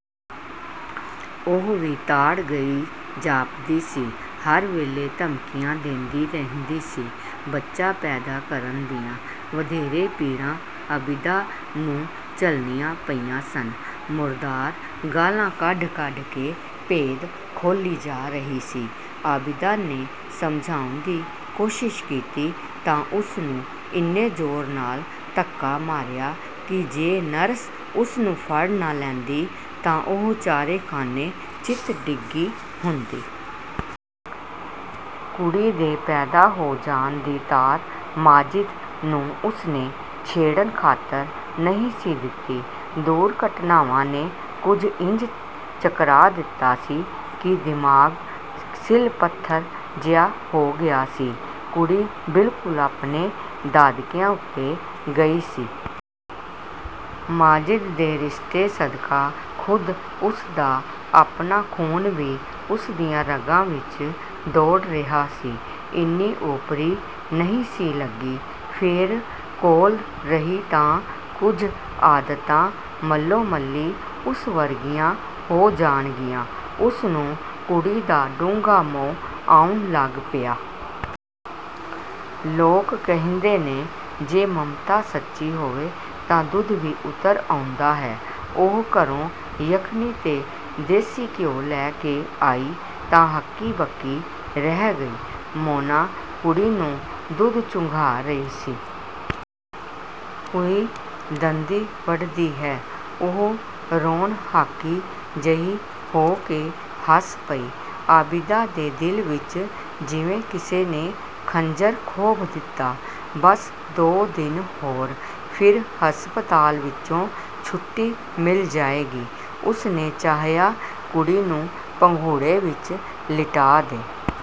ਉਹ ਵੀ ਤਾੜ ਗਈ ਜਾਪਦੀ ਸੀ, ਹਰ ਵੇਲੇ ਧਮਕੀਆਂ ਦੇਂਦੀ ਰਹਿੰਦੀ ਸੀ। ਬੱਚਾ ਪੈਦਾ ਕਰਨ ਦੀਆਂ ਵਧੇਰੇ ਪੀੜਾਂ ਆਬਿਦਾ ਨੂੰ ਝੱਲਣੀਆਂ ਪਈਆਂ ਸਨ। ਮੁਰਦਾਰ ਗਾਲ੍ਹਾਂ ਕੱਢ-ਕੱਢ ਕੇ ਭੇਦ ਖੋਲ੍ਹੀ ਜਾ ਰਹੀ ਸੀ। ਆਬਿਦਾ ਨੇ ਸਮਝਾਉਣ ਦੀ ਕੋਸ਼ਿਸ਼ ਕੀਤੀ ਤਾਂ ਉਸਨੂੰ ਇੰਨੇ ਜ਼ੋਰ ਨਾਲ ਧੱਕਾ ਮਾਰਿਆ ਕਿ ਜੇ ਨਰਸ ਉਸਨੂੰ ਫੜ ਨਾ ਲੈਂਦੀ ਤਾਂ ਉਹ ਚਾਰੇ ਖਾਨੇ ਚਿੱਤ ਡਿੱਗੀ ਹੁੰਦੀ। ਕੁੜੀ ਦੇ ਪੈਦਾ ਹੋ ਜਾਣ ਦੀ ਤਾਰ ਮਾਜਿਦ ਨੂੰ ਉਸਨੇ ਛੇੜਣ ਖਾਤਰ ਨਹੀਂ ਸੀ ਦਿੱਤੀ। ਦੁਰ-ਘਟਨਾਵਾਂ ਨੇ ਕੁਝ ਇੰਜ ਚਕਰਾ ਦਿੱਤਾ ਸੀ ਕਿ ਦਿਮਾਗ਼ ਸਿਲ-ਪੱਥਰ ਜਿਹਾ ਹੋ ਗਿਆ ਸੀ। ਕੁੜੀ ਬਿਲਕੁਲ ਆਪਣੇ ਦਾਦਕਿਆਂ ਉੱਤੇ ਗਈ ਸੀ। ਮਾਜਿਦ ਦੇ ਰਿਸ਼ਤੇ ਸਦਕਾ ਖ਼ੁਦ ਉਸਦਾ ਆਪਣਾ ਖੂਨ ਵੀ ਉਸਦੀਆਂ ਰਗਾਂ ਵਿੱਚ ਦੌੜ ਰਿਹਾ ਸੀ, ਇੰਨੀ ਓਪਰੀ ਨਹੀਂ ਸੀ ਲੱਗੀ। ਫਿਰ ਕੋਲ ਰਹੀ ਤਾਂ ਕੁਝ ਆਦਤਾਂ ਮੱਲੋ-ਮੱਲੀ ਉਸ ਵਰਗੀਆਂ ਹੋ ਜਾਣਗੀਆਂ। ਉਸਨੂੰ ਕੁੜੀ ਦਾ ਡੂੰਘਾ ਮੋਹ ਆਉਣ ਲੱਗ ਪਿਆ। ਲੋਕ ਕਹਿੰਦੇ ਨੇ, 'ਜੇ ਮਮਤਾ ਸੱਚੀ ਹੋਵੇ ਤਾਂ ਦੁੱਧ ਵੀ ਉਤਰ ਆਉਂਦਾ ਹੈ!' ਉਹ ਘਰੋਂ ਯਖਨੀ ਤੇ ਦੇਸੀ ਘਿਓ ਲੈ ਕੇ ਆਈ ਤਾਂ ਹੱਕੀ-ਬੱਕੀ ਰਹਿ ਗਈ! ਮੋਨਾ ਕੁੜੀ ਨੂੰ ਦੁੱਧ ਚੁੰਘਾ ਰਹੀ ਸੀ! "ਉਈ, ਦੰਦੀ ਵੱਢਦੀ ਹੈ!" ਉਹ ਰੋਣਹਾਕੀ ਜਿਹੀ ਹੋ ਕੇ ਹੱਸ ਪਈ। ਆਬਿਦਾ ਦੇ ਦਿਲ ਵਿੱਚ ਜਿਵੇਂ ਕਿਸੇ ਨੇ ਖੰਜਰ ਖੋਭ ਦਿੱਤਾ। ਬੱਸ ਦੋ ਦਿਨ ਹੋਰ, ਫਿਰ ਹਸਪਤਾਲ ਵਿੱਚੋਂ ਛੁੱਟੀ ਮਿਲ ਜਾਏਗੀ। ਉਸਨੇ ਚਾਹਿਆ ਕੁੜੀ ਨੂੰ ਪੰਘੂੜੇ ਵਿੱਚ ਲਿਟਾ ਦੇ।